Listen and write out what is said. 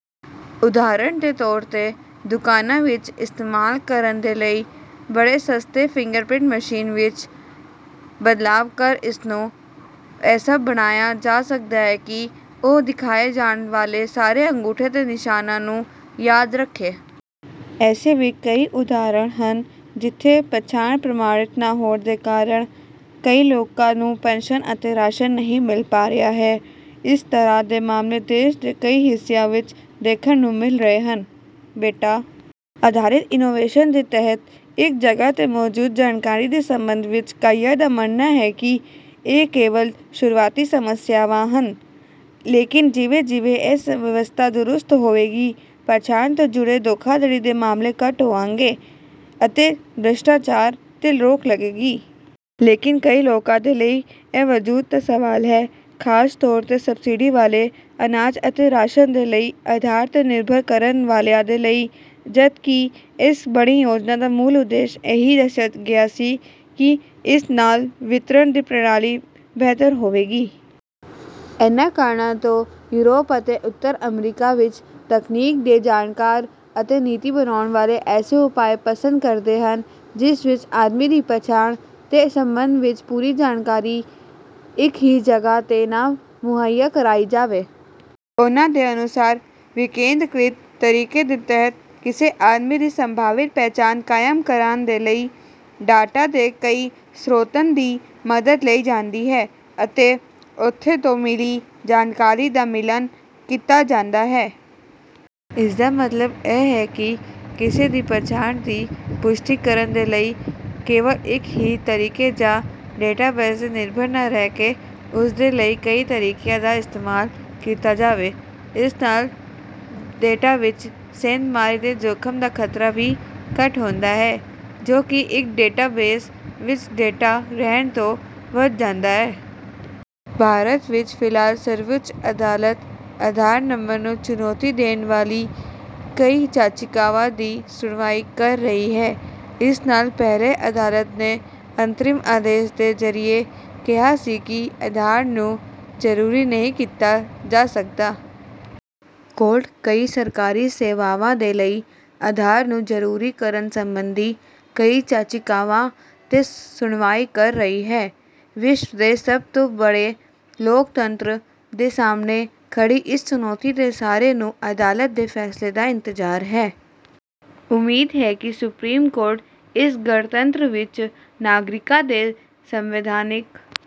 ਉਦਾਹਰਣ ਦੇ ਤੌਰ ਤੇ ਦੁਕਾਨਾਂ ਵਿੱਚ ਇਸਤੇਮਾਲ ਕਰਨ ਦੇ ਲਈ ਬਣੇ ਸਸਤੇ ਫਿੰਗਰਪ੍ਰਿੰਟ ਮਸ਼ੀਨ ਵਿੱਚ ਬਦਲਾਵ ਕਰ ਉਸਨੂੰ ਐਸਾ ਬਣਾਇਆ ਜਾ ਸਕਦਾ ਹੈ ਕਿ ਉਹ ਦਿਖਾਏ ਜਾਣ ਵਾਲੇ ਸਾਰੇ ਅੰਗੂਠੇ ਦੇ ਨਿਸ਼ਾਨਾਂ ਨੂੰ ਯਾਦ ਰੱਖੇ। ਐਸੇ ਵੀ ਕਈ ਉਦਾਹਰਣ ਹਨ ਜਿੱਥੇ ਪਛਾਣ ਪ੍ਰਮਾਣਿਤ ਨਾ ਹੋਣ ਦੇ ਕਾਰਣ ਕਈ ਲੋਕਾਂ ਨੂੰ ਪੈਨਸ਼ਨ ਅਤੇ ਰਾਸ਼ਨ ਨਹੀ ਮਿਲ ਪਾ ਰਿਹਾ ਹੈ। ਇਸ ਤਰਾਂ ਦੇ ਮਾਮਲੇ ਦੇਸ ਦੇ ਕਈ ਹਿੱਸਿਆਂ ਵਿੱਚ ਦੇਖਣ ਨੂੰ ਮਿਲ ਰਹੇ ਹਨ। ਡੇਟਾ ਆਧਾਰਿਤ ਇਨੋਵੇਸ਼ਨ ਦੇ ਤਹਿਤ ਇੱਕ ਜਗਾਹ ਤੇ ਮੌਜੂਦ ਜਾਣਕਾਰੀ ਦੇ ਸੰਬੰਧ ਵਿੱਚ ਕਈਆਂ ਦਾ ਮੰਨਣਾ ਹੈ ਕਿ ਇਹ ਕੇਵਲ ਸ਼ੁਰੁਆਤੀ ਸਮੱਸਿਆਵਾਂ ਹਨ, ਲੇਕਿਨ ਜਿਵੇਂ ਜਿਵੇਂ ਇਹ ਵਿਵਸਥਾ ਦਰੁਸਤ ਹੋਵੇਗੀ ਪਛਾਣ ਤੋਂ ਜੁੜੇ ਧੋਖਾਧੜੀ ਦੇ ਮਾਮਲੇ ਘੱਟ ਹੋਣਗੇ ਅਤੇ ਭ੍ਰਿਸ਼ਟਾਚਾਰ ਤੇ ਰੋਕ ਲੱਗੇਗੀ। ਲੇਕਿਨ ਕਈ ਲੋਕਾਂ ਦੇ ਲਈ ਇਹ ਵਜੂਦ ਦਾ ਸਵਾਲ ਹੈ, ਖ਼ਾਸ ਤੌਰ ਤੇ ਸਬਸਿਡੀ ਵਾਲੇ ਅਨਾਜ ਅਤੇ ਰਾਸ਼ਨ ਦੇ ਲਈ ਆਧਾਰ ਤੇ ਨਿਰਭਰ ਕਰਨ ਵਾਲਿਆਂ ਦੇ ਲਈ। ਜਦ ਕਿ ਇਸ ਬੜੀ ਯੋਜਨਾ ਦਾ ਮੂਲ ਉਦੇਸ਼ ਇਹੀ ਦਸਿਆ ਗਿਆ ਸੀ ਕਿ ਇਸ ਨਾਲ ਵਿਤਰਣ ਦੀ ਪ੍ਰਣਾਲੀ ਬਿਹਤਰ ਹੋਵੇਗੀ। ਇਨ੍ਹਾਂ ਕਾਰਣਾਂ ਤੋਂ ਯੂਰੋਪ ਅਤੇ ਉੱਤਰ-ਅਮਰੀਕਾ ਵਿੱਚ ਤਕਨੀਕ ਦੇ ਜਾਣਕਾਰ ਅਤੇ ਨੀਤੀ ਬਣਾਉਣ ਵਾਲੇ ਐਸੇ ਉਪਾਅ ਪਸੰਦ ਕਰਦੇ ਹਨ ਜਿਸ ਵਿਚ ਆਦਮੀ ਦੀ ਪਛਾਣ ਦੇ ਸੰਬੰਧ ਵਿੱਚ ਪੂਰੀ ਜਾਣਕਾਰੀ ਇੱਕ ਹੀ ਜਗਾਹ ਤੇ ਨਾ ਮੁਹਈਆ ਕਰਾਈ ਜਾਵੇ। ਉਹਨਾਂ ਦੇ ਅਨੁਸਾਰ ਵਿਕੇਨਦ੍ਰੀਕਰਿਤ ਤਰੀਕੇ ਦੇ ਤਹਿਤ ਕਿਸੇ ਆਦਮੀ ਦੀ ਸੰਭਾਵਿਤ ਪਛਾਣ ਕਾਇਮ ਕਰਨ ਦੇ ਲਈ ਡੈਟਾ ਦੇ ਕਈ ਸ੍ਰੋਤਾਂ ਦੀ ਮੱਦਦ ਲਈ ਜਾਂਦੀ ਹੈ ਅਤੇ ਉਥੇ ਤੋਂ ਮਿਲੀ ਜਾਣਕਾਰੀ ਦਾ ਮਿਲਾਨ ਕੀਤਾ ਜਾਂਦਾ ਹੈ। ਇਸਦਾ ਮਤਲਬ ਇਹ ਹੈ ਕਿ ਕਿਸੇ ਦੀ ਪਛਾਣ ਦੀ ਪੁਸ਼ਟੀ ਕਰਨ ਦੇ ਲਈ ਕੇਵਲ ਇੱਕ ਹੀ ਤਰੀਕੇ ਜਾਂ ਡੈਟਾਬੇਸ ਤੇ ਨਿਰਭਰ ਨਾਂ ਰਹਿਕੇ ਇਸਦੇ ਲਈ ਕਈ ਤਰੀਕਿਆਂ ਦਾ ਇਸਤੇਮਾਲ ਕੀਤਾ ਜਾਵੇ। ਇਸ ਨਾਲ ਡੇਟਾ ਵਿੱਚ ਸੇਂਧਮਾਰੀ ਦੇ ਜੋਖਮ ਦਾ ਖ਼ਤਰਾ ਵੀ ਘੱਟ ਹੁੰਦਾ ਹੈ ਜੋ ਕਿ ਇੱਕ ਡੈਟਾਬੇਸ ਵਿੱਚ ਡੇਟਾ ਰਹਿਣ ਤੋਂ ਵਧ ਜਾਂਦਾ ਹੈ। ਭਾਰਤ ਵਿੱਚ ਫਿਲਹਾਲ ਸਰਵਉੱਚ ਅਦਾਲਤ, ਆਧਾਰ ਨੰਬਰ ਨੂੰ ਚੁਣੌਤੀ ਦੇਣ ਵਾਲੀ ਕਈ ਜਾਚਿਕਾਵਾਂ ਦੀ ਸੁਣਵਾਈ ਕਰ ਰਹੀ ਹੈ। ਇਸ ਨਾਲ ਪਹਿਲੇ ਅਦਾਲਤ ਨੇ ਅੰਤਰਿਮ ਆਦੇਸ਼ ਦੇ ਜ਼ਰੀਏ ਕਿਹਾ ਸੀ ਕਿ ਆਧਾਰ ਨੂੰ ਜਰੂਰੀ ਨਹੀ ਕੀਤਾ ਜਾ ਸਕਦਾ। ਕੋਰਟ ਕਈ ਸਰਕਾਰੀ ਸੇਵਾਵਾਂ ਦੇ ਲਈ ਆਧਾਰ ਨੂੰ ਜਰੂਰੀ ਕਰਨ ਸੰਬੰਧੀ ਕਈ ਜਾਚਿਕਾਵਾਂ ਤੇ ਸੁਣਵਾਈ ਕਰ ਰਹੀ ਹੈ। ਵਿਸ਼ਵ ਦੇ ਸਭ ਤੋਂ ਬੜੇ ਲੋਕਤੰਤਰ ਦੇ ਸਾਹਮਣੇ ਖੜੀ ਇਸ ਚੁਣੌਤੀ ਤੇ ਸਾਰੇ ਨੂੰ ਅਦਾਲਤ ਦੇ ਫ਼ੈਸਲੇ ਦਾ ਇੰਤਜ਼ਾਰ ਹੈ। ਉਮੀਦ ਹੈ ਕਿ ਸੁਪਰੀਮ ਕੋਰਟ ਇਸ ਗਣਤੰਤਰ ਵਿੱਚ ਨਾਗਰਿਕਾਂ ਦੇ ਸੰਵੈਧਾਨਿਕ